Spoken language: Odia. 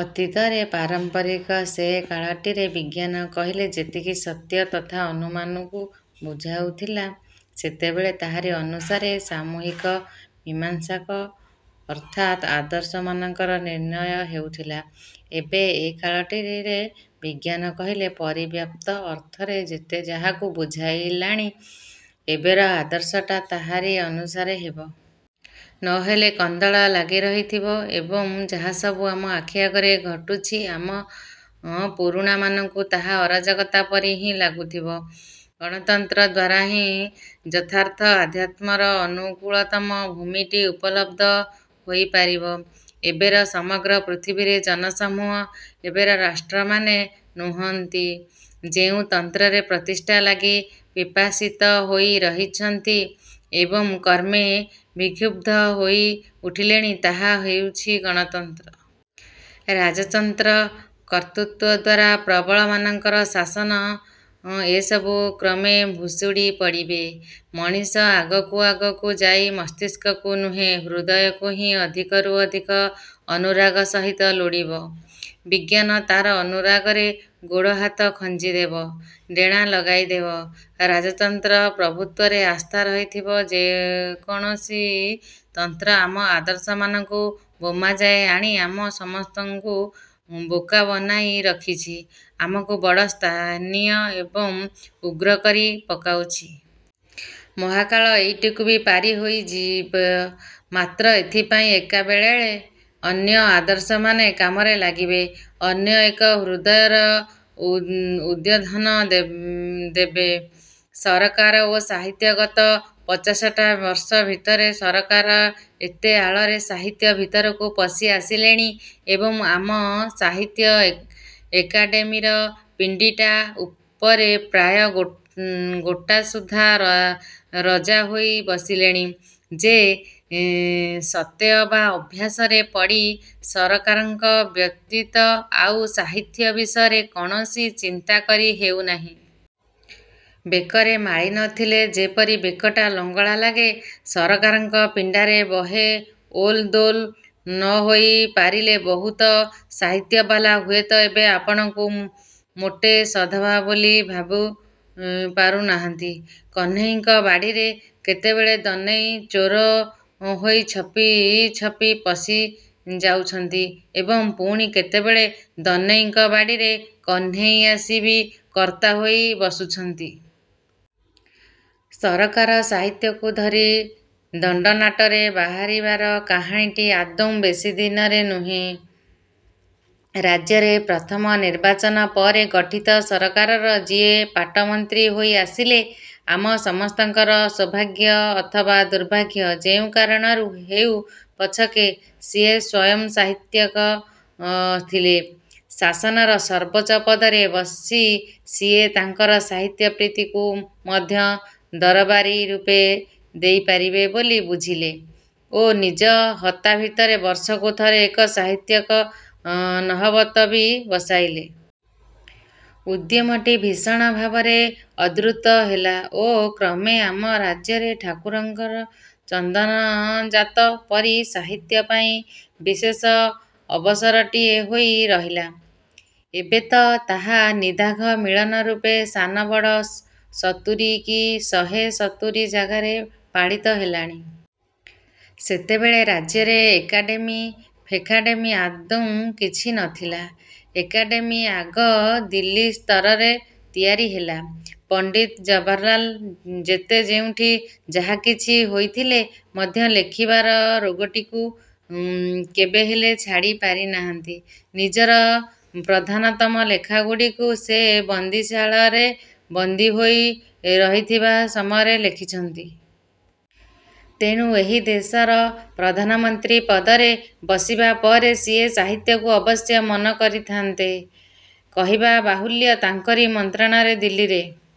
ଅତୀତରେ ପାରମ୍ପରିକ ସେ କାଳଟିରେ ବିଜ୍ଞାନ କହିଲେ ଯେତିକି ସତ୍ୟ ତଥା ଅନୁମାନକୁ ବୁଝାଉଥିଲା ସେତେବେଳେ ତାହାରି ଅନୁସାରେ ସାମୂହିକ ମୀମାଂସକ ଅର୍ଥାତ୍ ଆଦର୍ଶମାନଙ୍କର ନିର୍ଣ୍ଣୟ ହେଉଥିଲା। ଏବେ ଏକାଳଟିରେ ବିଜ୍ଞାନ କହିଲେ ପରିବ୍ୟାପ୍ତ ଅର୍ଥରେ ଯେତେ ଯାହାକୁ ବୁଝାଇଲାଣି, ଏବର ଆଦର୍ଶଟା ତାହାରି ଅନୁସାରେ ହେବ। ନହେଲେ କନ୍ଦଳ ଲାଗି ରହିଥିବ ଏବଂ ଯାହାସବୁ ଆମ ଆଖିଆଗରେ ଘଟୁଛି ଆମ ପୁରୁଣା ମାନଙ୍କୁ ତାହା ଅରାଜକତା ପରି ହିଁ ଲାଗୁଥିବ। ଗଣତନ୍ତ୍ର ଦ୍ଵାରା ହିଁ ଯଥାର୍ଥ ଆଧ୍ୟାତ୍ମର ଅନୁକୂଳତମ ଭୂମିଟି ଉପଲବ୍ଧ ହୋଇପାରିବ। ଏବର ସମଗ୍ର ପୃଥିବୀରେ ଜନସମୂହ, ଏବର ରାଷ୍ଟ୍ରମାନେ ନୁହନ୍ତି ଯେଉଁ ତନ୍ତ୍ରର ପ୍ରତିଷ୍ଠା ଲାଗି ପିପାସିତ ହୋଇ ରହିଛନ୍ତି ଏବଂ କ୍ରମେ ବିକ୍ଷୁବ୍ଧ ହୋଇ ଉଠିଲେଣି ତାହା ହେଉଛି ଗଣତନ୍ତ୍ର। ରାଜତନ୍ତ୍ର, କର୍ତ୍ତୃତ୍ଵ ଦ୍ଵାରା ପ୍ରବଳମାନଙ୍କର ଶାସନ ଏସବୁ କ୍ରମେ ଭୁଶୁଡ଼ି ପଡ଼ିବେ। ମଣିଷ ଆଗକୁ ଆଗକୁ ଯାଇ ମସ୍ତିଷ୍କକୁ ନୁହେଁ, ହୃଦୟକୁ ହିଁ ଅଧିକରୁ ଅଧିକ ଅନୁରାଗ ସହିତ ଲୋଡ଼ିବ। ବିଜ୍ଞାନ ତାର ଅନୁରାଗରେ ଗୋଡ଼ହାତ ଖଞ୍ଜିଦେବ, ଡ଼େଣା ଲଗାଇଦେବ। ରାଜତନ୍ତ୍ର ପ୍ରଭୁତ୍ୱରେ ଆସ୍ଥା ରହିଥିବା ଯେକୌଣସି ତନ୍ତ୍ର ଆମ ଆଦର୍ଶମାନଙ୍କୁ ବୋମା ଯାଏ ଆଣି ଆମ ସମସ୍ତଙ୍କୁ ବୋକା ବନାଇ ରଖିଛି, ଆମକୁ ବଡ଼ ସ୍ଥାନୀୟ ଏବଂ ଉଗ୍ର କରି ପକାଉଛି। ମହାକାଳ ଏଇଟିକୁ ବି ପାରି ହୋଇଯିବ। ମାତ୍ର ସେଥିପାଇଁ ଏକାବେଳେଳେ ଅନ୍ୟ ଆଦର୍ଶମାନେ କାମରେ ଲାଗିବେ, ଅନ୍ୟ ଏକ ହୃଦୟର ଉଦ୍ବୋଧନ ଦେବେ। ସରକାର ଓ ସାହିତ୍ୟ ଗତ ପଚାଶଟା ବର୍ଷ ଭିତରେ ସରକାର ଏତେ ଆଳରେ ସାହିତ୍ୟ ଭିତରକୁ ପଶି ଆସିଲେଣି ଏବଂ ଆମ ସାହିତ୍ୟ ଏକାଡ଼େମୀର ପିଣ୍ଡିଟା ଉପରେ ପ୍ରାୟ ଗୋଟାସୁଦ୍ଧା ରଜା ହୋଇ ବସିଲେଣି ଯେ ସତେଅବା ଅଭ୍ୟାସରେ ପଡ଼ି ସରକାରଙ୍କ ବ୍ୟତୀତ ଆଉ ସାହିତ୍ୟ ବିଷୟରେ କୌଣସି ଚିନ୍ତା କରି ହେଉନାହିଁ। ବେକରେ ମାଳୀ ନଥିଲେ ଯେପରି ବେକଟା ଲଙ୍ଗଳା ଲାଗେ, ସରକାରଙ୍କ ପିଣ୍ଡାରେ ବହେ ଓଲ୍ ଦୋଲ୍ ନହୋଇ ପାରିଲେ ବହୁତ ସାହିତ୍ୟବାଲା ହୁଏତ ଏବେ ଆପଣାକୁ ମୋଟେ ସଧବା ବୋଲି ଭାବି ପାରୁନାହାନ୍ତି। କହ୍ନେଇଙ୍କ ବାଡ଼ିରେ କେତେବେଳେ ଦନେଇ ଚୋର ହୋଇ ଛପି ଛପି ପଶି ଯାଉଛନ୍ତି ଏବଂ ପୁଣି କେତେବେଳେ ଦନେଇଙ୍କ ବାଡ଼ିରେ କହ୍ନେଇ ଆସି ବି କର୍ତ୍ତା ହୋଇ ବସୁଛନ୍ତି। ସରକାର ସାହିତ୍ୟକୁ ଧରି ଦଣ୍ଡନାଟରେ ବାହାରିବାର କାହାଣୀଟି ଆଦୌ ବେଶୀଦିନର ନୁହେଁ। ରାଜ୍ୟରେ ପ୍ରଥମ ନିର୍ବାଚନ ପରେ ଗଠିତ ସରକାରର ଯିଏ ପାଟମନ୍ତ୍ରୀ ହୋଇ ଆସିଲେ, ଆମ ସମସ୍ତଙ୍କର ସୌଭାଗ୍ୟ ଅଥବା ଦୁର୍ଭାଗ୍ୟ ଯେଉଁ କାରଣରୁ ହେଉ ପଛକେ ସିଏ ସ୍ୱୟଂ ସାହିତ୍ୟିକ ଥିଲେ। ଶାସନର ସର୍ବୋଚ୍ଚ ପଦରେ ବସି ସିଏ ତାଙ୍କର ସାହିତ୍ୟପ୍ରୀତିକୁ ମଧ୍ୟ ଦରବାରୀ ରୂପ ଦେଇପାରିବେ ବୋଲି ବୁଝିଲେ ଓ ନିଜ ହତା ଭିତରେ ବର୍ଷକୁ ଥରେ ଏକ ସାହିତ୍ୟିକ ନହବତ ବି ବସାଇଲେ। ଉଦ୍ୟମଟି ଭୀଷଣ ଭାବରେ ଆଦୃତ ହେଲା ଓ କ୍ରମେ ଆମ ରାଜ୍ୟରେ ଠାକୁରଙ୍କର ଚନ୍ଦନଯାତ ପରି ସାହିତ୍ୟ ପାଇଁ ବିଶେଷ ଅବସରଟିଏ ହୋଇ ରହିଲା। ଏବେ ତ ତାହା ନିଦାଘ ମିଳନ ରୂପେ ସାନ ବଡ଼ ସତୁରି କି ଶହେ ସତୁରି ଜାଗାରେ ପାଳିତ ହେଲାଣି। ସେତେବେଳେ ରାଜ୍ୟରେ ଏକାଡ଼େମୀ ଫେକାଡ଼େମୀ ଆଦୌ କିଛି ନଥିଲା। ଏକାଡ଼େମୀ ଆଗ ଦିଲ୍ଲୀ ସ୍ତରରେ ତିଆରି ହେଲା। ପଣ୍ଡିତ ଜବାହରଲାଲ୍ ଯେତେ ଯେଉଁଠି ଯାହାକିଛି ହୋଇଥିଲେ ମଧ୍ୟ ଲେଖିବାର ରୋଗଟିକୁ କେବେହେଲେ ଛାଡ଼ି ପାରିନାହାନ୍ତି। ନିଜର ପ୍ରଧାନତମ ଲେଖାଗୁଡ଼ିକୁ ସେ ବନ୍ଦୀଶାଳାରେ ବନ୍ଦୀ ହୋଇ ରହିଥିବା ସମୟରେ ଲେଖିଛନ୍ତି। ତେଣୁ ଏହି ଦେଶର ପ୍ରଧାନମନ୍ତ୍ରୀ ପଦରେ ବସିବା ପରେ ସିଏ ସାହିତ୍ୟକୁ ଅବଶ୍ୟ ମନ କରିଥାନ୍ତେ। କହିବା ବାହୁଲ୍ୟ, ତାଙ୍କରି ମନ୍ତ୍ରଣାରେ ଦିଲ୍ଲୀରେ